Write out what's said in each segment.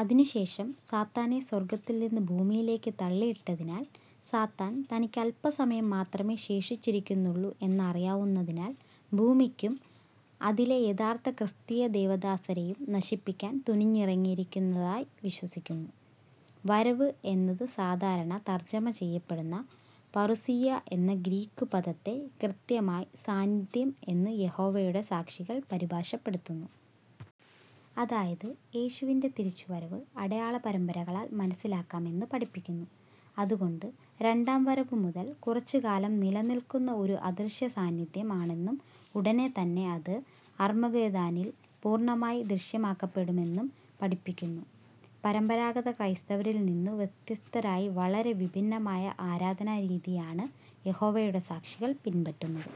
അതിനുശേഷം സാത്തനെ സ്വർഗ്ഗത്തിൽ നിന്ന് ഭൂമിയിലേയ്ക്ക് തള്ളിയിട്ടതിനാൽ, സാത്താൻ തനിക്കല്പസമയം മാത്രമെ ശേഷിച്ചിരിക്കുന്നുള്ളൂ എന്നറിയാവുന്നതിനാൽ ഭൂമിക്കും അതിലെ യഥാർത്ഥ ക്രിസ്തീയ ദൈവദാസരെയും നശിപ്പിക്കാൻ തുനിഞ്ഞിറങ്ങിയിരിക്കുന്നതായി വിശ്വസിക്കുന്നു. വരവ്വ് എന്ന് സാധാരണ തർജ്ജമ ചെയ്യപെടുന്ന "പറൂസിയ" എന്ന ഗ്രീക്ക് പദത്തെ, കൃത്യമായി "സാന്നിധ്യം" എന്ന് യഹോവയുടെ സാക്ഷികൾ പരിഭാഷപ്പെടുത്തുന്നു. അതായത് യേശുവിന്റെ തിരിച്ചുവരവ് അടയാള പരമ്പരകളാൽ മനസ്സിലാക്കാം എന്ന് പഠിപ്പിക്കുന്നു. അതുകൊണ്ട് രണ്ടാംവരവ് മുതൽ കുറച്ച് കാലം നിലനിൽക്കുന്ന ഒരു അദൃശ്യ സാന്നിധ്യം ആണെന്നും ഉടനെ തന്നെ അത് അർമ്മഗ്ദോനിൽ പൂർണ്ണമായി ദൃശ്യമാക്കപ്പെടുമെന്നും പഠിപ്പിക്കുന്നു. പരമ്പരാഗത ക്രൈസ്തവരിൽ നിന്നു വ്യത്യസ്തരായി വളരെ വിഭിന്നമായ ആരാധനാരീതിയാണ് യഹോവയുടെ സാക്ഷികൾ പിൻപറ്റുന്നത്.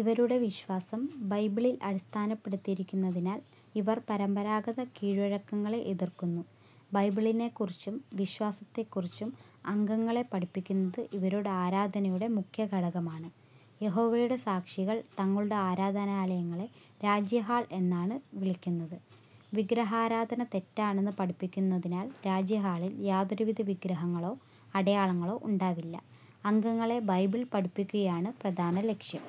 ഇവരുടെ വിശ്വസം ബൈബിളിൽ അടിസ്ഥാനപ്പെടുത്തിയിരിക്കുന്നതിനാൽ ഇവർ പരമ്പരാഗത കിഴ്വഴക്കങ്ങളെ എതിർക്കുന്നു. ബൈബിളിനെ കുറിച്ചും, വിശ്വാസത്തെ കുറിച്ചും അംഗങ്ങളെ പഠിപ്പിക്കുന്നത് ഇവരുടെ ആരാധനയുടെ മുഖ്യഘടകമാണ്. യഹോവയുടെ സാക്ഷികൾ തങ്ങളുടെ ആരാധനാലയങ്ങളെ രാജ്യഹാൾ എന്നാണ് വിളിക്കുന്നത്. വിഗ്രഹാരാധന തെറ്റാണെന്ന് പഠിപ്പിക്കുതിനാൽ രാജ്യഹാളിൽ യാതൊരുവിധ വിഗ്രഹങ്ങളോ, അടയാളങ്ങളൊ ഉണ്ടാവില്ല. അംഗങ്ങളെ ബൈബിൾ പഠിപ്പിക്കുകയാണ് പ്രധാന ലക്ഷ്യം.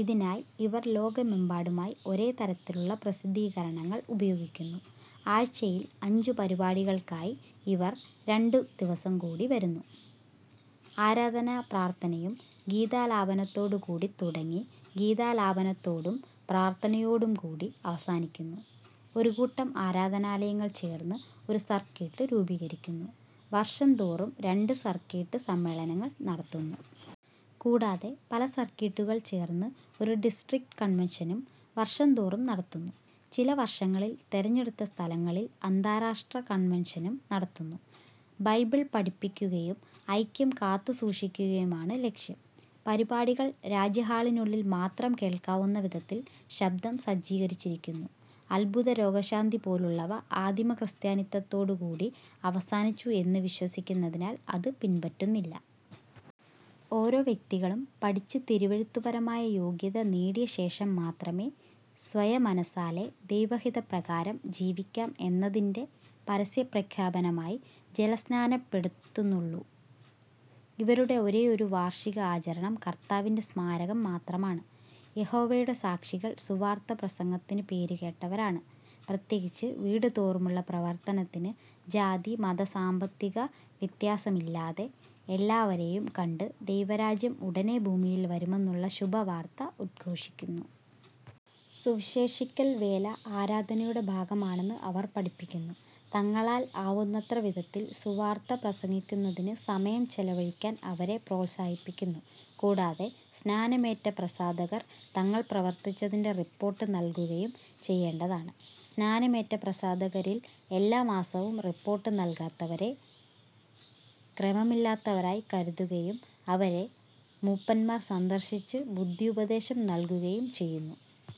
ഇതിനായി ഇവർ ലോകമെമ്പാടുമായി ഒരേ തരത്തിലുള്ള പ്രസിദ്ധീകരണങ്ങൾ ഉപയോഗിക്കുന്നു. ആഴ്ചയിൽ അഞ്ച് പരിപാടികൾക്കായി ഇവർ രണ്ട് ദിവസം കൂടിവരുന്നു. ആരാധന പ്രാർത്ഥനയും, ഗീതാലാപനത്തൊടും കൂടി തുടങ്ങി ഗീതാലാപനത്തൊടും, പ്രാർത്ഥനയൊടും കൂടി അവസാനിക്കുന്നു. ഒരു കൂട്ടം ആരാധനാലയങ്ങൾ ചേർന്ന് ഒരു സർക്കീട്ട് രൂപീകരിക്കുന്നു. വർഷംതോറും രണ്ട് സർക്കിട്ട് സമ്മേളനങ്ങൾ നടത്തുന്നു. കൂടാതെ പല സർക്കീട്ടുകൾ ചേർന്ന് ഒരു ഡിസ്ട്രിക്റ്റ് കൺവൻഷനും വർഷം തോറും നടത്തുന്നു. ചില വർഷങ്ങളിൽ തിരഞ്ഞെടുത്ത സ്ഥലങ്ങളിൽ അന്താരാഷ്ട്ര കൺവൻഷനും നടത്തുന്നു. ബൈബിൾ പഠിപ്പിക്കുകയ്യും, ഐക്യം കാത്തുസൂക്ഷിക്കുകയുമാണ് ലക്ഷ്യം. പരിപാടികൾ രാജ്യഹാളിനുള്ളിൽ മാത്രം കേൾക്കാവുന്ന വിധത്തിൽ ശബ്ദം സജ്ജികരിച്ചിരിക്കുന്നു. അത്ഭുത രോഗശാന്തിപോളുള്ളവ അദിമ ക്രിസ്ത്യാനിത്തത്തോടു കൂടി അവസാനിച്ചു എന്ന് വിശ്വസിക്കുന്നതിനാൽ അത് പിൻപറ്റുന്നില്ല. ഒരോ വ്യക്തികളും പഠിച്ച് തിരുവെഴുത്തുപരമായ യോഗ്യത നേടിയശേഷം മാത്രമെ, സ്വയമനസാലെ ദൈവഹിതപ്രകാരം ജീവിക്കാം എന്നതിന്റെ പരസ്യപ്രഖ്യാപനമായി ജലസ്നാനപ്പെടുത്തുന്നുള്ളു. ഇവരുടെ ഒരെയൊരു വാർഷിക ആചരണം കർത്താവിന്റെ സമാരകം മാത്രമാണ്. യഹോവയുടെ സാക്ഷികൾ സുവാർത്ത പ്രസംഗത്തിനു പേരുകേട്ടവരാണ്, പ്രത്യേകിച്ച് വീടുതോറുമുള്ള പ്രവർത്തനത്തിന്. ജാതി, മത, സാമ്പത്തിക വ്യത്യാസമില്ലാതെ എല്ലാവരെയും കണ്ട് ദൈവരാജ്യം ഉടനെ ഭൂമിയിൽ വരുമെന്നുള്ള ശുഭവാർത്ത ഉദ്ഘോഷിക്കുന്നു. സുവിശേഷിക്കൽ വേല ആരാധനയുടെ ഭാഗമാണെന്ന് അവർ പഠിപ്പിക്കുന്നു. തങ്ങളാൽ ആവുന്നത്ര വിധത്തിൽ സുവാർത്ത പ്രസംഗിക്കുന്നതിന് സമയം ചെലവഴിക്കാൻ അവരെ പ്രോത്സാഹിപ്പിക്കുന്നു, കൂടാതെ സ്നാനമേറ്റ പ്രസാദകർ തങ്ങൾ പ്രവർത്തിച്ചതിന്റെ റിപ്പോർട്ട് നൽകുകയും ചെയ്യേണ്ടതാണ്. സ്നാനമേറ്റ പ്രസാദകരിൽ എല്ലാ മാസവും റിപ്പോർട്ട് നൽകാത്തവരെ ക്രമമില്ലാത്തവരായി കരുതുകയും, അവരെ മൂപ്പന്മാർ സന്ദർശിച്ച് ബുദ്ധിയുപദേശം നൽകുകയും ചെയ്യുന്നു.